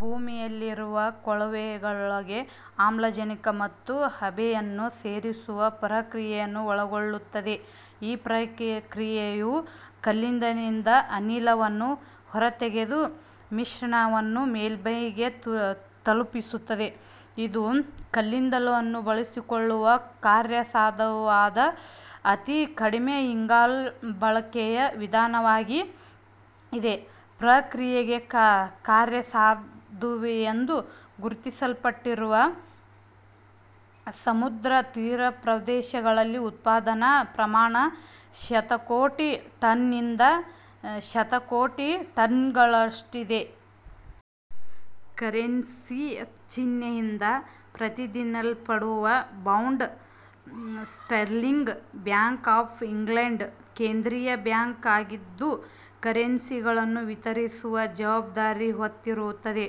ಭೂಮಿಯಲ್ಲಿರುವ ಕೊಳವೆಯೊಳಗೆ ಆಮ್ಲಜನಕ ಮತ್ತು ಹಬೆಯನ್ನು ಸೇರಿಸುವ ಪ್ರಕ್ರಿಯೆಯನ್ನು ಒಳಗೊಳ್ಳುತ್ತದೆ. ಈ ಪ್ರಕ್ರಿಯೆಯು ಕಲ್ಲಿದ್ದಲಿನಿಂದ ಅನಿಲವನ್ನು ಹೊರತೆಗೆದು ಮಿಶ್ರಣವನ್ನು ಮೇಲ್ಮೈಗೆ ತಲುಪಿಸುತ್ತದೆ. ಇದು ಕಲ್ಲಿದ್ದಲನ್ನು ಬಳಸಿಕೊಳ್ಳುವ ಕಾರ್ಯಸಾಧುವಾದ ಅತಿ ಕಡಿಮೆ ಇಂಗಾಲ ಬಳಕೆಯ ವಿಧಾನವಾಗಿದೆ. ಪ್ರಕ್ರಿಯೆಗೆ ಕಾರ್ಯಸಾಧುವೆಂದು ಗುರುತಿಸಲ್ಪಟ್ಟಿರುವ ಸಮುದ್ರ ತೀರಪ್ರದೇಶಗಳ ಉತ್ಪಾದನಾ ಪ್ರಮಾಣ ಶತಕೋಟಿ ಟನ್ನಿಂದ ಶತಕೋಟಿ ಟನ್ಗಳಷ್ಟಿದೆ. ಕರೆನ್ಸಿ £ ಚಿಹ್ನೆಯಿಂದ ಪ್ರತಿನಿಧಿಸಲ್ಪಡುವ pound sterling. Bank of England ಕೇಂದ್ರೀಯ ಬ್ಯಾಂಕ್ ಆಗಿದ್ದು, ಕರೆನ್ಸಿಗಳನ್ನು ವಿತರಿಸುವ ಜವಾಬ್ದಾರಿ ಹೊತ್ತಿರುತ್ತದೆ.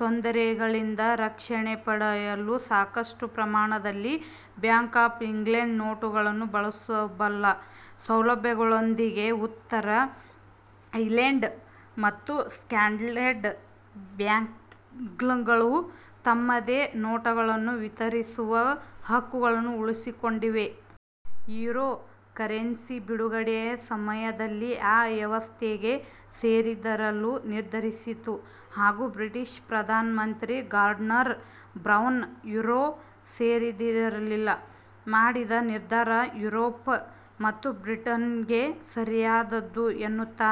ತೊಂದರೆಗಳಿಂದ ರಕ್ಷಣೆ ಪಡೆಯಲು ಸಾಕಷ್ಟು ಪ್ರಮಾಣದಲ್ಲಿ ಬ್ಯಾಂಕ್ ಆಫ್ ಇಂಗ್ಲೆಂಡ್ ನೋಟುಗಳನ್ನು ಬಳಸಬಲ್ಲ ಸೌಲಭ್ಯದೊಂದಿಗೆ ಉತ್ತರ ಐರ್ಲೆಂಡ್ ಮತ್ತು ಸ್ಕಾಟ್ಲೆಂಡ್ ಬ್ಯಾಂಕ್ಗಳು ತಮ್ಮದೇ ನೋಟುಗಳನ್ನು ವಿತರಿಸುವ ಹಕ್ಕುಗಳನ್ನು ಉಳಿಸಿಕೊಂಡಿವೆ. ಯೂರೋ ಕರೆನ್ಸಿಯ ಬಿಡುಗಡೆ ಸಮಯದಲ್ಲಿ ಆ ವ್ಯವಸ್ಥೆಗೆ ಸೇರದಿರಲು ನಿರ್ಧರಿಸಿತು, ಹಾಗೂ British Pradhan Mantri garden brown, euro ಸೇರದಿರಲು ಮಾಡಿದ ನಿರ್ಧಾರ ಯೂರೋಪ್ ಮತ್ತು ಬ್ರಿಟನ್ಗೆ ಸರಿಯಾದುದು ಎನ್ನುತ್ತಾ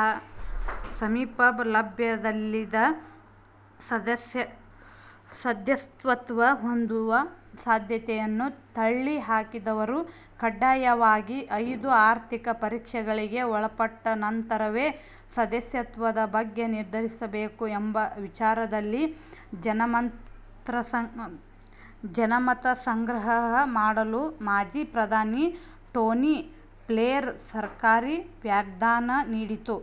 ಸಮೀಪ ಭವಿಷ್ಯದಲ್ಲಿ ಸದಸ್ಯತ್ವ ಹೊಂದುವ ಸಾಧ್ಯತೆಯನ್ನು ತಳ್ಳಿ ಹಾಕಿದರು. ಕಡ್ಡಾಯವಾಗಿ " ಐದು ಆರ್ಥಿಕ ಪರೀಕ್ಷೆಗಳಿಗೆ " ಒಳಪಟ್ಟ ನಂತರವೇ ಸದಸ್ಯತ್ವದ ಬಗ್ಗೆ ನಿರ್ಧರಿಸಬೇಕು ಎಂಬ ವಿಚಾರದಲ್ಲಿ ಜನಮತಸಂಗ್ರಹ ಮಾಡಲು ಮಾಜಿ ಪ್ರಧಾನಿ ಟೋನಿ ಬ್ಲೇರ್ ಸರ್ಕಾರ ವಾಗ್ದಾನ ನೀಡಿತ್ತು.